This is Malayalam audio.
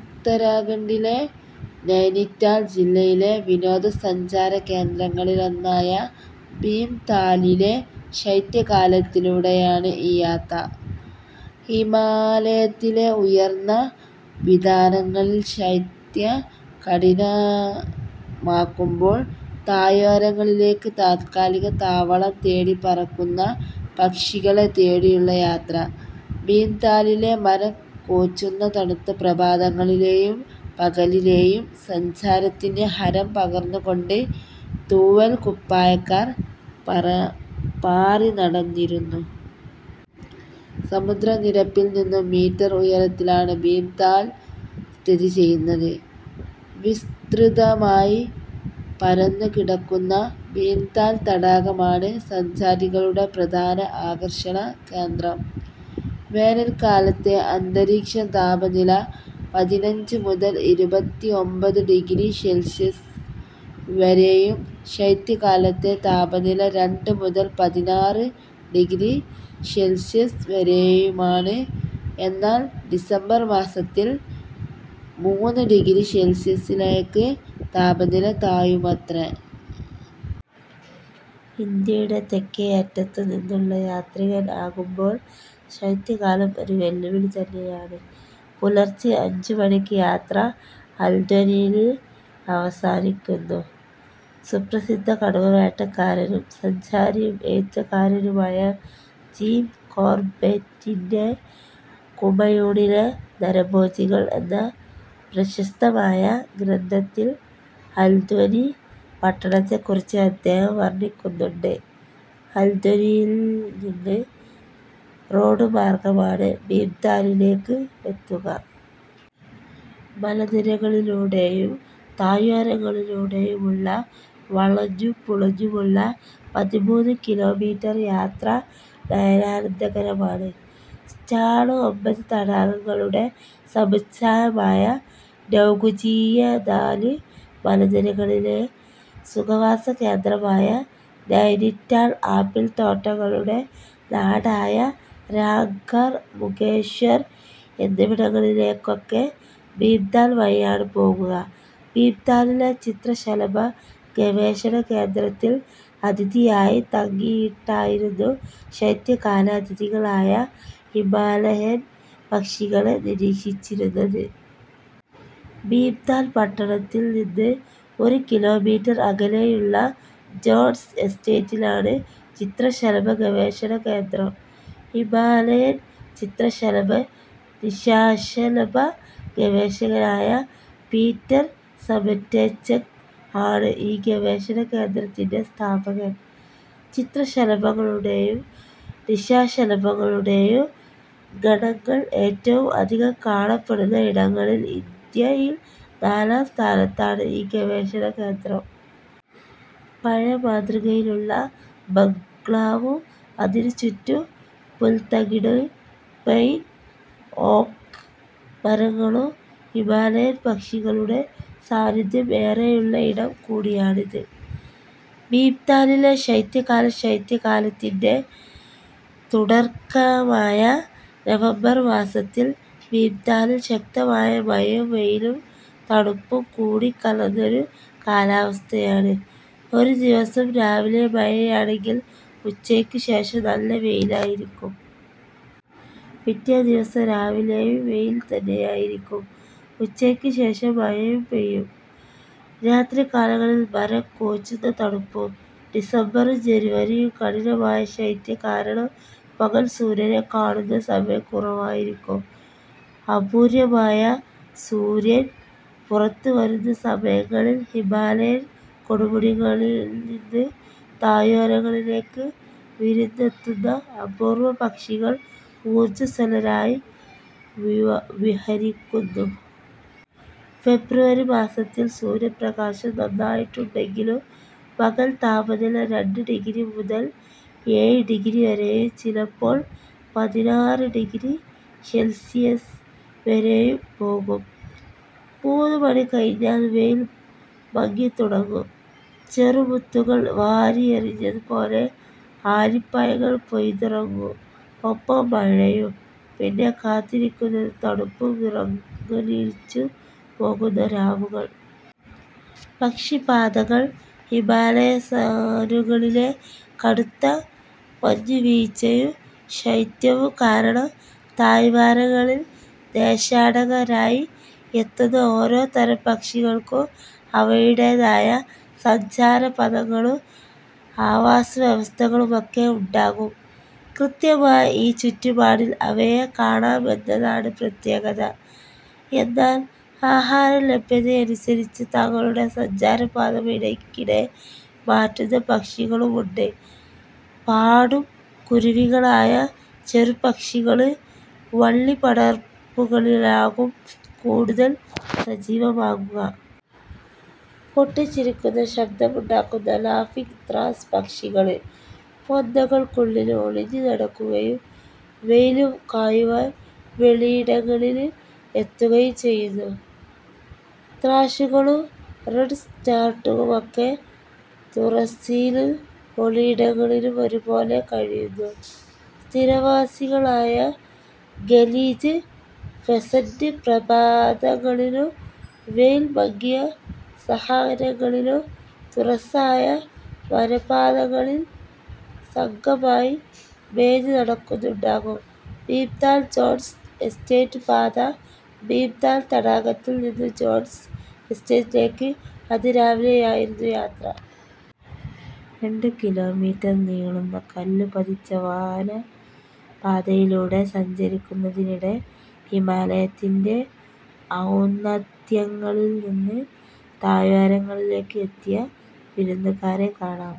ഉത്തരാഖണ്ഡിലെ നൈനിറ്റാള്‍ ജില്ലയിലെ വിനോദസഞ്ചാര കേന്ദ്രങ്ങളിലൊന്നായ ഭീംതാലിലെ ശൈത്യകാലത്തിലൂടെയാണ് ഈ യാത. ഹിമാലയത്തിലെ ഉയര്‍ന്ന വിതാനങ്ങളിൽ ശൈത്യം കഠിനമാകുമ്പോൾ താഴ്വാരങ്ങളിലേക്ക് താത്കാലിക താവളം തേടി പറക്കുന്ന പക്ഷികളെ തേടിയുള്ളാരു യാത്ര. ഭീംതാലിലെ മരം കോച്ചുന്ന തണുത്ത പ്രഭാതങ്ങളിലെയും പകലിലെയും സഞ്ചാരത്തിന് ഹരം പകര്‍ന്നുകൊണ്ട് തൂവല്‍ കുപ്പായക്കാർ പാപറ റിനടന്നിരുന്നു. സമുദ്രനിരപ്പിൽ നിന്ന് മീറ്റര്‍ ഉയരത്തിലാണ് ഭീംതാല് സ്ഥിതി ചെയുന്നത്. വിസ്തൃതമായി പരന്നുകിടക്കുന്ന ഭീംതാൽ തടാകമാണ് സഞ്ചാരികളുടെ പ്രധാന ആകര്‍ഷണ കേന്ദ്രം. വേനല്‍ക്കാലത്തെ അന്തരീക്ഷ താപനില പതിനഞ്ചു മുതല്‍ ഇരുപത്തിഒമ്പത് ഡിഗ്രി സെൽഷിയസ് വരെയും ശൈത്യകാലത്തെ താപനില രണ്ട് മുതൽ പതിനാറ് ഡിഗ്രി സെൽഷിയസ് വരെയുമാണ്. എന്നാല്‍ ഡിസംബര്‍ മാസത്തില്‍ മൂന്ന് ഡിഗ്രി സെൽഷിയസിലേക്ക് താപനില താഴുമത്രേ. ഇന്ത്യയുടെ തെക്കേയറ്റത്തുനിന്നുള്ള യാത്രികൻ ആകുമ്പോള്‍ ശൈത്യകാലം ഒരു വെല്ലുവിളി തന്നെയാണ്. പുലര്‍ച്ചെ അഞ്ചു മണിക്ക് യാത്ര ഹല്ദ്വാനിയില് അവസാനിക്കുന്നു. സുപ്രസിദ്ധ കടുവവേട്ടക്കാരനും സഞ്ചാരിയും എഴുത്തുകാരനുമായ ജിം കോർബെറ്റിന്റെ ' കുമയൂണിലെ നരഭോജികൾ ' എന്ന പ്രശസ്തമായ ഗ്രന്ഥത്തില്‍ ഹല്ദ്വാനി പട്ടണത്തെക്കുറിച്ച് അദ്ദേഹം വർണ്ണിക്കുന്നുണ്ട്. ഹല്ദ്വാനിയിൽ നിന്ന് റോഡുമാർഗമാണ് ഭീംതാലിലേക്ക് എത്തുക. മലനിരകളിലൂടെയും താഴ്വാരങ്ങളിലൂടെയുമുള്ള വളഞ്ഞും പുളഞ്ഞുമുള്ള പതിമൂന്ന് കിലോമീറ്റര്‍ യാത്ര നയനാനന്ദകരമാണ്. സാറ്റാളു, ഒമ്പതു തടാകങ്ങളുടെ സമുച്ചയമായ നൗകുച്ചിയതാല് മലനിരകളിലെ സുഖവാസകേന്ദ്രമായ നൈനിറ്റാള്‍, ആപ്പിള്‍ തോട്ടങ്ങളുടെ നാടായ രാംഘർ, മുകേശ്വർ എന്നിവിടങ്ങളിലേക്കൊക്കെ ഭീംതാല് വഴിയാണ് പോകുക. ഭീംതാലിലെ ചിത്രശലഭ ഗവേഷണകേന്ദ്രത്തിൽ അതിഥിയായി തങ്ങിയിട്ടായിരുന്നു ശൈത്യകാല അതിഥികളായ ഹിമാലയൻ പക്ഷികളെ നിരീക്ഷിച്ചിരുന്നത്. ഭീംതാൽ പട്ടണത്തിൽനിന്ന് രണ്ടു കിലോമീറ്റര്‍ അകലെയുള്ള ജോണ്‍സ് എസ്റ്റേറ്റിലാണ് ചിത്രശലഭ ഗവേഷണകേന്ദ്രം. ഹിമാലയൻ ചിത്രശലഭ-നിശാശലഭ ഗവേഷകനായ പീറ്റര്‍ സമറ്റേച്ചെക് ആണ് ഈ ഗവേഷണ കേന്ദ്രത്തിന്‍റെ സ്ഥാപകൻ. ചിത്രശലഭങ്ങളുടെയും നിശാശലഭങ്ങളുടെയും ഗണങ്ങള്‍ ഏറ്റവും അധികം കാണപ്പെടുന്ന ഇടങ്ങളില്‍ ഇന്ത്യയില്‍ നാലാം സ്ഥാനത്താണ് ഈ ഗവേഷണ കേന്ദ്രം. പഴയ മാതൃകയിലുള്ള ബംഗ്ലാവും അതിൽ ചുറ്റും പുൽത്തകിട് പൈൻ ഓക്ക് മരങ്ങളും ഹിമാലയന്‍ പക്ഷികളുടെ സാന്നിധ്യം ഏറെയുള്ള ഇടം കൂടിയാണിത്. ഭീംതാലിലെ ശൈത്യകാലം ശൈത്യകാലത്തിന്റെ തുടർക്കമായ നവംബര്‍ മാസത്തില്‍ ഭീംതാലിൽ ശക്തമായ മഴയും വെയിലും തണുപ്പും കൂടിക്കലര്‍ന്നൊരു കാലാവസ്ഥയാണ്. ഒരു ദിവസം രാവിലെ മഴയാണെങ്കില്‍ ഉച്ചയ്ക്കുശേഷം നല്ല വെയിലായിരിക്കും. പിറ്റേ ദിവസം രാവിലെയും വെയില്‍ തന്നെയായിരിക്കും. ഉച്ചയ്ക്കുശേഷം മഴയുംപെയ്യും. രാത്രികാലങ്ങളിൽ മരം കോച്ചുന്ന തണുപ്പും. ഡിസംബറും ജനുവരിയും കഠിനമായ ശൈത്യം കാരണം പകല്‍ സൂര്യനെ കാണുന്ന സമയം കുറവായിരിക്കും. അപൂര്വമായ സൂര്യൻ പുറത്തുവരുന്ന സമയങ്ങളില്‍ ഹിമാലയന്‍ കൊടുമുടികളില്നിന്ന് താഴ്വാരങ്ങളിലേക്ക് വിരുന്നിനെത്തുന്ന അപൂര്‍വ പക്ഷികള്‍ ഊർജ സ്വലരായി വിഹ വിഹരിക്കുന്നു. ഫെബ്രുവരി മാസത്തില്‍ സൂര്യപ്രകാശം നന്നായിട്ടുണ്ടെങ്കിലും പകല്‍ താപനില രണ്ട് ഡിഗ്രി മുതല്‍ ഏഴ് ഡിഗ്രി വരെയും ചിലപ്പോള്‍ പതിനാറ് ഡിഗ്രി സെൽഷിയസ് വരെയും പോകും. മൂന്നുമണി കഴിഞ്ഞാല്‍ വെയില്‍ മങ്ങിത്തുടങ്ങും. ചെറു മുത്തുകള്‍ വാരി എറിഞ്ഞതുപോലെ ആലിപ്പഴങ്ങള്‍ പൊയ്തിറങ്ങും. ഒപ്പം മഴയും. പിന്നെ കാത്തിരിക്കുന്നത്, തണുത്തു വിറങ്ങലിച്ചു പോകുന്ന രാവുകള്‍. പക്ഷി പാതകള്‍ ഹിമാലയസാനുകളിലെ കടുത്ത മഞ്ഞുവീഴ്ചയും ശൈത്യവും കാരണം താഴ് വാരങ്ങളില്‍ ദേശാടകരായി എത്തുന്ന ഓരോ തരം പക്ഷികള്‍ക്കും അവയുടെതായ സഞ്ചാരപഥങ്ങളും ആവാസവ്യവസ്ഥകളുമൊക്കെ ഉണ്ടാകും. കൃത്യമായി ഈ ചുറ്റുപാടില്‍ അവയെ കാണാമെന്നതാണ് പ്രത്യേകത. എന്നാല്‍ ആഹാരലഭ്യതയനുസരിച്ച് തങ്ങളുടെ സഞ്ചാരപാഥം ഇടയ്ക്കിടെ മാറ്റുന്ന പക്ഷികളുമുണ്ട്. പാടും കുരുവികളായ ചെറുപക്ഷികള് വള്ളിപ്പടർപ്പുകളിലാകും കൂടുതല്‍ സജീവമാകുക. പൊട്ടിച്ചിരിക്കുന്ന ശബ്ദമുണ്ടാക്കുന്ന ലാഫിങ്ത്രഷ് പക്ഷികള് പൊന്തകള്ക്കുള്ളില് ഒളിഞ്ഞു നടക്കുകയും വെയില് കായുവാന് വെളിയിടങ്ങളില് എത്തുകയും ചെയ്യുന്നു. ത്രഷുകളും റെഡ് സ്റ്റാർട്ടുമൊക്കെ തുറസ്സിലും ഒളിയിടങ്ങളിലും ഒരുപോലെ കഴിയുന്നു. സ്ഥിരവാസികളായ ഖലീജ് ഫെസന്റ് പ്രഭാതങ്ങളിലും വെയില്‍ മങ്ങിയ സായാഹ്നങ്ങളിലും തുറസ്സായ വനപാതകളിൽ സംഘമായി മേഞ്ഞുനടക്കുന്നുണ്ടാകും. ഭീംതാൽ ജോണ്‍സ് എസ്റ്റേറ്റ് പാത ഭീംതാൽ തടാകത്തില്‍ നിന്ന് ജോണ്‍സ് എസ്റ്റേറ്റിലേക്ക് അതിരാവിലെയായിരുന്നു യാത്ര. രണ്ടു കിലോമീറ്റര്‍ നീളുന്ന കല്ല് പതിച്ച വാഹനപാതയിലൂടെ സഞ്ചരിക്കുന്നതിനിടെ ഹിമാലയത്തിന്‍റെ ഔന്നത്യങ്ങളില്നിന്ന് താഴ്വാരങ്ങളിലേക്ക് എത്തിയ വിരുന്നുകാരെ കാണാം.